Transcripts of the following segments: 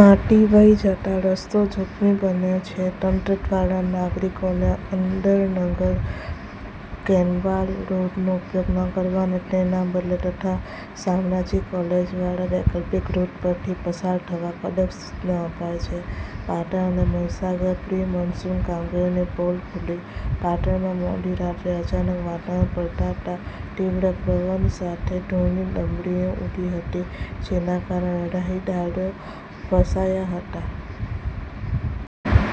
માટી વહી જતાં રસ્તો જોખમી બન્યો છે. તંત્ર દ્વારા નાગરિકોને આનંદનગર-કનેલાવ રોડનો ઉપયોગ ન કરવા અને તેના બદલે તથા શામળાજી કોલેજવાળા વૈકલ્પિક રૂટ પરથી પસાર થવા કડક સૂચના અપાઈ છે.પાટણ અને મહીસાગર: પ્રી-મોન્સૂન કામગીરીની પોલ ખૂલી પાટણમાં મોડી રાત્રે અચાનક વાતાવરણ પલટાતા તીવ્ર પવન સાથે ધૂળની ડમરીઓ ઉડી હતી, જેના કારણે રાહદારીઓ ફસાયા હતા.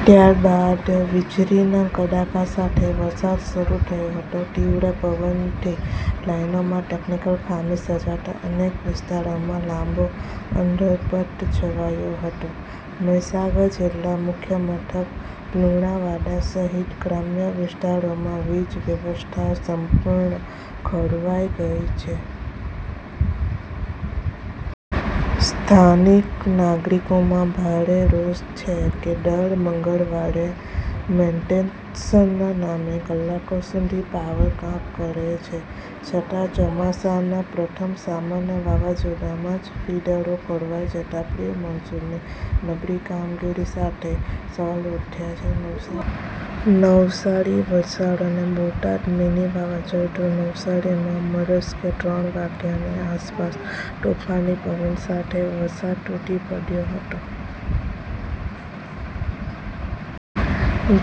ત્યારબાદ વીજળીના કડાકા સાથે વરસાદ શરૂ થયો હતો. તીવ્ર પવનથી લાઈનોમાં ટેકનિકલ ખામી સર્જાતા અનેક વિસ્તારોમાં લાંબો અંધારપટ છવાયો હતો. મહીસાગર જિલ્લા મુખ્ય મથક લુણાવાડા સહિત ગ્રામ્ય વિસ્તારોમાં વીજ વ્યવસ્થા સંપૂર્ણ ખોરવાઈ ગઈ છે. સ્થાનિક નાગરિકોમાં ભારે રોષ છે કે દર મંગળવારે મેન્ટેનન્સના નામે કલાકો સુધી પાવર કાપ કરે છે, છતાં ચોમાસાના પ્રથમ સામાન્ય વાવાઝોડામાં જ ફીડરો ખોરવાઈ જતાં પ્રી-મોન્સૂનની નબળી કામગીરી સામે સવાલો ઉઠ્યા છે. નવસારી, વલસાડ અને બોટાદ: મિની વાવાઝોડું નવસારીમાં મળસ્કે ત્રણ વાગ્યાની આસપાસ તોફાની પવન સાથે વરસાદ તૂટી પડ્યો હતો.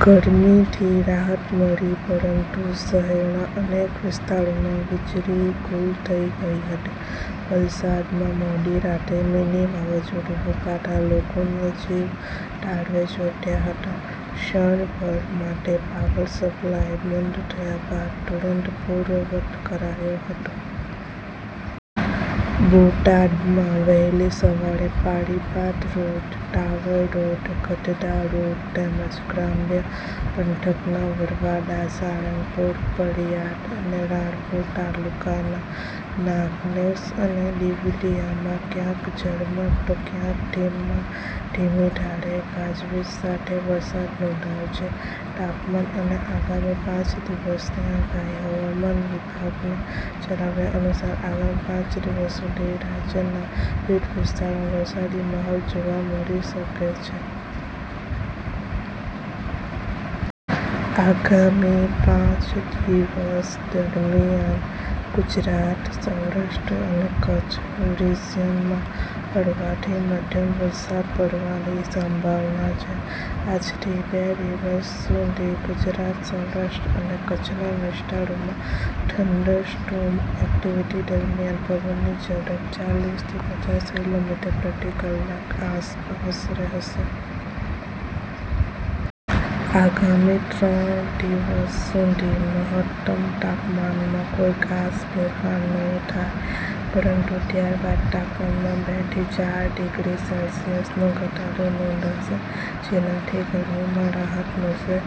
ગરમીથી રાહત મળી પરંતુ શહેરના અનેક વિસ્તારોમાં વીજળી ગૂલ થઈ ગઈ હતી. વલસાડમાં મોડી રાત્રે મિની વાવાઝોડું ફૂંકાતા લોકોના જીવ તાળવે ચોંટ્યા હતા. ક્ષણભર માટે પાવર સપ્લાય બંધ થયા બાદ તુરંત પૂર્વવત કરાયો હતો. બોટાદમાં વહેલી સવારે Paliyad road, tower road, Gadhada road તેમજ ગ્રામ્ય પંથકના બરવાળા, સાળંગપુર, પાળીયાદ અને રાણપુર તાલુકાના નાગનેશ અને દિવળિયામાં ક્યાંક ઝરમર તો ક્યાંક ધીમીધારે ગાજવીજ સાથે વરસાદ નોંધાયો છે. તાપમાન અને આગામી પાંચ દિવસની આગાહી હવામાન વિભાગના જણાવ્યા અનુસાર, આગામી પાંચ દિવસ સુધી રાજ્યના વિવિધ વિસ્તારોમાં વરસાદી માહોલ જોવા મળી શકે છે. આગામી પાંચ દિવસ દરમિયાન ગુજરાત, સૌરાષ્ટ્ર અને કચ્છ રીઝિયનમાં હળવાથી મધ્યમ વરસાદ પડવાની સંભાવના છે. આજથી બે દિવસ દિવસ સુધી ગુજરાત, સૌરાષ્ટ્ર અને કચ્છના વિસ્તારોમાં થંડરસ્ટોર્મ એક્ટિવિટી દરમિયાન પવનની ઝડપ ચાલીસ થી પચાસ કિલો મીટર પ્રતિ કલાક આસપાસ રહેશે. આગામી ત્રણ દિવસ સુધી મહત્તમ તાપમાનમાં કોઈ ખાસ ફેરફાર નહીં થાય, પરંતુ ત્યારબાદ તાપમાનમાં બે થી ચાર ડિગ્રી સેલ્સિયસનો ઘટાડો નોંધાશે, જેનાથી ગરમીમાં રાહત મળશે.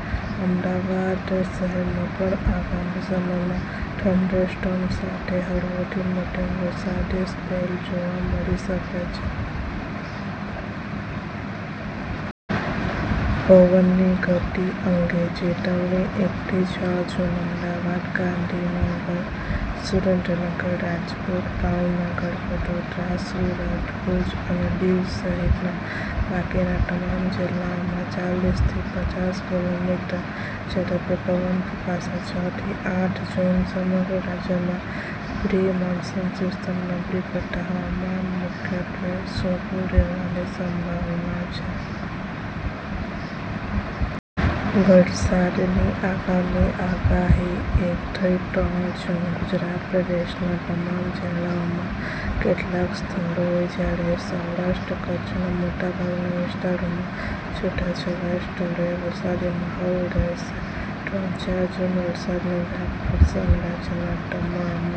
અમદાવાદ શહેરમાં પણ આગામી સમયમાં થંડરસ્ટોર્મ સાથે હળવોથી મધ્યમ વરસાદી સ્પેલ જોવા મળી શકે છે. પવનની ગતિ અંગે ચેતવણી એક થી છ જૂન: અમદાવાદ, ગાંધીનગર, સુરેન્દ્રનગર, રાજકોટ, ભાવનગર, વડોદરા, સુરત, ભુજ અને દીવ સહિતના બાકીના તમામ જિલ્લાઓમાં ચાલીસ થી પચાસ કિલો મીટર ઝડપે પવન ફૂંકાશે. છ થી આઠ જૂન: સમગ્ર રાજ્યમાં પ્રી-મોન્સૂન સિસ્ટમ નબળી પડતાં હવામાન મુખ્યત્વે સૂકું રહેવાની સંભાવના છે. વરસાદની આગામી આગાહી એક થી ત્રણ જૂન: ગુજરાત પ્રદેશના તમામ જિલ્લાઓમાં કેટલાક સ્થળોએ જ્યારે સૌરાષ્ટ્ર-કચ્છના મોટાભાગના વિસ્તારોમાં છૂટાછવાયા સ્થળોએ વરસાદી માહોલ રહેશે. ત્રણ ચાર જૂન: વરસાદનો વ્યાપ વધશે અને રાજ્યના તમામ